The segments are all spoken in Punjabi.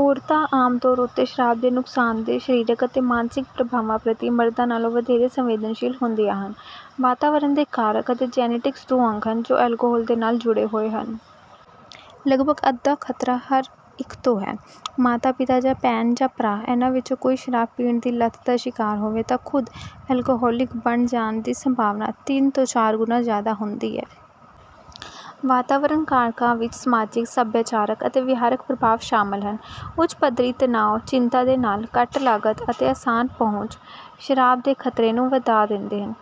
ਔਰਤਾਂ ਆਮ ਤੌਰ ਉੱਤੇ ਸ਼ਰਾਬ ਦੇ ਨੁਕਸਾਨਦੇਹ ਸ਼ਰੀਰਕ ਅਤੇ ਮਾਨਸਿਕ ਪ੍ਰਭਾਵਾਂ ਪ੍ਰਤੀ ਮਰਦਾਂ ਨਾਲੋਂ ਵਧੇਰੇ ਸੰਵੇਦਨਸ਼ੀਲ ਹੁੰਦੀਆਂ ਹਨ। ਵਾਤਾਵਰਣ ਦੇ ਕਾਰਕ ਅਤੇ ਜੈਨੇਟਿਕਸ ਦੋ ਅੰਗ ਹਨ ਜੋ ਅਲਕੋਹਲ ਦੇ ਨਾਲ ਜੁੜੇ ਹੋਏ ਹਨ। ਲੱਗਭੱਗ ਅੱਧਾ ਖਤਰਾ ਹਰ ਇੱਕ ਤੋਂ ਹੈ। ਮਾਤਾ ਪਿਤਾ ਜਾਂ ਭੈਣ ਜਾਂ ਭਰਾ ਇਨ੍ਹਾਂ ਵਿੱਚੋਂ ਕੋਈ ਸ਼ਰਾਬ ਪੀਣ ਦੀ ਲਤ ਦਾ ਸ਼ਿਕਾਰ ਹੋਵੇ ਤਾਂ ਖੁਦ ਅਲਕੋਹਲਿਕ ਬਣ ਜਾਣ ਦੀ ਸੰਭਾਵਨਾ ਤਿੰਨ ਤੋਂ ਚਾਰ ਗੁਣਾ ਜ਼ਿਆਦਾ ਹੁੰਦੀ ਹੈ। ਵਾਤਾਵਰਨ ਕਾਰਕਾਂ ਵਿੱਚ ਸਮਾਜਿਕ, ਸੱਭਿਆਚਾਰਕ ਅਤੇ ਵਿਹਾਰਕ ਪ੍ਰਭਾਵ ਸ਼ਾਮਲ ਹਨ। ਉੱਚ ਪੱਧਰੀ ਤਣਾਅ, ਚਿੰਤਾ, ਦੇ ਨਾਲ ਘੱਟ ਲਾਗਤ ਅਤੇ ਆਸਾਨ ਪਹੁੰਚ ਸ਼ਰਾਬ ਦੇ ਖਤਰੇ ਨੂੰ ਵਧਾ ਦਿੰਦੇ ਹਨ।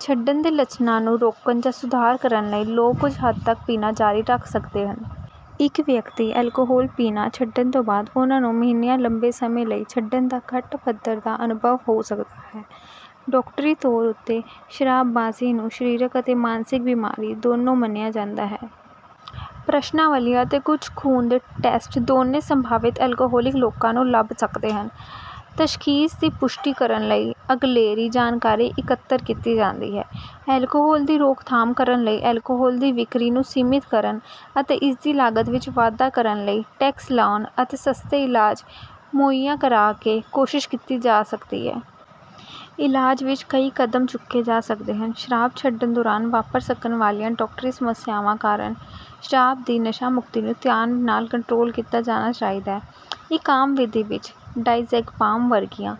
ਛੱਡਣ ਦੇ ਲੱਛਣਾਂ ਨੂੰ ਰੋਕਣ ਜਾਂ ਸੁਧਾਰ ਕਰਨ ਲਈ ਲੋਕ ਕੁਝ ਹੱਦ ਤੱਕ ਪੀਣਾ ਜਾਰੀ ਰੱਖ ਸਕਦੇ ਹਨ। ਇੱਕ ਵਿਅਕਤੀ ਅਲਕੋਹਲ ਪੀਣਾ ਛੱਡਣ ਤੋਂ ਬਾਅਦ, ਉਹਨਾਂ ਨੂੰ ਮਹੀਨਿਆਂ ਲੰਬੇ ਸਮੇਂ ਲਈ ਛੱਡਣ ਦਾ ਘੱਟ ਪੱਧਰ ਦਾ ਅਨੁਭਵ ਹੋ ਸਕਦਾ ਹੈ। ਡਾਕਟਰੀ ਤੌਰ ਉੱਤੇ ਸ਼ਰਾਬਬਾਜ਼ੀ ਨੂੰ ਸਰੀਰਕ ਅਤੇ ਮਾਨਸਿਕ ਬਿਮਾਰੀ ਦੋਨੋਂ ਮੰਨਿਆ ਜਾਂਦਾ ਹੈ। ਪ੍ਰਸ਼ਨਾਵਲੀਆਂ ਅਤੇ ਕੁਝ ਖੂਨ ਦੇ ਟੈਸਟ ਦੋਨੋਂ ਸੰਭਾਵਤ ਅਲਕੋਹਲਿਕ ਲੋਕਾਂ ਨੂੰ ਲੱਭ ਸਕਦੇ ਹਨ। ਤਸ਼ਖ਼ੀਸ ਦੀ ਪੁਸ਼ਟੀ ਕਰਨ ਲਈ ਅਗਲੇਰੀ ਜਾਣਕਾਰੀ ਇਕੱਤਰ ਕੀਤੀ ਜਾਂਦੀ ਹੈ। ਅਲਕੋਹਲ ਦੀ ਰੋਕਥਾਮ ਕਰਨ ਲਈ ਅਲਕੋਹਲ ਦੀ ਵਿਕਰੀ ਨੂੰ ਸੀਮਿਤ ਕਰਨ ਅਤੇ ਇਸਦੀ ਲਾਗਤ ਵਿੱਚ ਵਾਧਾ ਕਰਨ ਲਈ ਟੈਕਸ ਲਾਉਣ ਅਤੇ ਸਸਤੇ ਇਲਾਜ ਮੁਹੱਈਆ ਕਰਾ ਕੇ ਕੋਸ਼ਿਸ਼ ਕੀਤੀ ਜਾ ਸਕਦੀ ਹੈ। ਇਲਾਜ ਵਿੱਚ ਕਈ ਕਦਮ ਚੁੱਕੇ ਜਾ ਸਕਦੇ ਹਨ। ਸ਼ਰਾਬ ਛੱਡਣ ਦੌਰਾਨ ਵਾਪਰ ਸਕਣ ਵਾਲੀਆਂ ਡਾਕਟਰੀ ਸਮੱਸਿਆਵਾਂ ਕਾਰਨ, ਸ਼ਰਾਬ ਦੀ ਨਸ਼ਾਮੁਕਤੀ ਨੂੰ ਧਿਆਨ ਨਾਲ ਕੰਟਰੋਲ ਕੀਤਾ ਜਾਣਾ ਚਾਹੀਦਾ ਹੈ। ਇੱਕ ਆਮ ਵਿਧੀ ਵਿੱਚ ਡਾਇਜ਼ੈਗਪਾਮ ਵਰਗੀਆਂ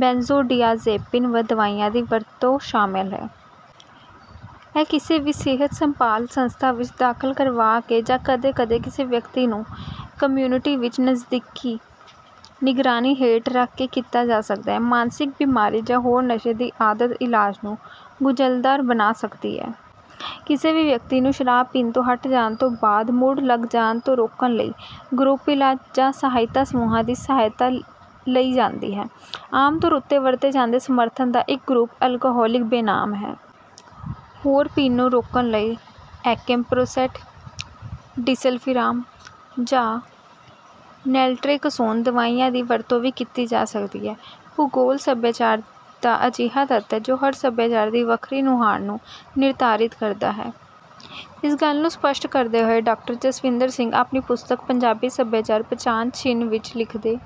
ਬੈਂਜੋਡਿਆਜ਼ੇਪਿਨ ਦਵਾਈਆਂ ਦੀ ਵਰਤੋਂ ਸ਼ਾਮਲ ਹੈ। ਇਹ ਕਿਸੇ ਵੀ ਸਿਹਤ ਸੰਭਾਲ ਸੰਸਥਾ ਵਿੱਚ ਦਾਖਲ ਕਰਵਾ ਕੇ ਜਾਂ ਕਦੇ-ਕਦੇ ਕਿਸੇ ਵਿਅਕਤੀ ਨੂੰ ਕਮਿਊਨਿਟੀ ਵਿੱਚ ਨਜ਼ਦੀਕੀ ਨਿਗਰਾਨੀ ਹੇਠ ਰੱਖ ਕੇ ਕੀਤਾ ਜਾ ਸਕਦਾ ਹੈ। ਮਾਨਸਿਕ ਬਿਮਾਰੀ ਜਾਂ ਹੋਰ ਨਸ਼ੇ ਦੀ ਆਦਤ ਇਲਾਜ ਨੂੰ ਗੁੰਝਲਦਾਰ ਬਣਾ ਸਕਦੀ ਹੈ। ਕਿਸੇ ਵੀ ਵਿਅਕਤੀ ਨੂੰ ਸ਼ਰਾਬ ਪੀਣ ਤੋਂ ਹੱਟ ਜਾਣ ਤੋਂ ਬਾਅਦ ਮੁੜ ਲੱਗ ਜਾਣ ਤੋਂ ਰੋਕਣ ਲਈ ਗਰੁੱਪ ਇਲਾਜ ਜਾਂ ਸਹਾਇਤਾ ਸਮੂਹਾਂ ਦੀ ਸਹਾਇਤਾ ਲਈ ਜਾਂਦੀ ਹੈ। ਆਮ ਤੌਰ ਉੱਤੇ ਵਰਤੇ ਜਾਂਦੇ ਸਮਰਥਨ ਦਾ ਇੱਕ ਗਰੁੱਪ ਅਲਕੋਹਲਿਕ ਬੇਨਾਮ ਹੈ। ਹੋਰ ਪੀਣ ਨੂੰ ਰੋਕਣ ਲਈ ਐਕੈਮਪਰੋਸੈਟ, ਡਿਸਲਫ਼ੀਰਾਮ, ਜਾਂ ਨੈਲਟਰੇਕਸੋਨ ਦਵਾਈਆਂ ਦੀ ਵਰਤੋਂ ਵੀ ਕੀਤੀ ਜਾ ਸਕਦੀ ਹੈ। ਭੂਗੋਲ ਸਭਿਆਚਾਰ ਦਾ ਅਜਿਹਾ ਤੱਤ ਹੈ, ਜੋ ਹਰ ਸਭਿਆਚਾਰ ਦੀ ਵੱਖਰੀ ਨੁਹਾਰ ਨੂੰ ਨਿਰਧਾਰਿਤ ਕਰਦਾ ਹੈ। ਇਸ ਗੱਲ ਨੂੰ ਸਪਸ਼ਟ ਕਰਦੇ ਹੋਏ ਡਾਕਟਰ ਜਸਵਿੰਦਰ ਸਿੰਘ ਆਪਣੀ ਪੁਸਤਕ ਪੰਜਾਬੀ ਸਭਿਆਚਾਰ ਪਛਾਣ ਚਿੰਨ੍ਹ ਵਿੱਚ ਲਿਖਦੇ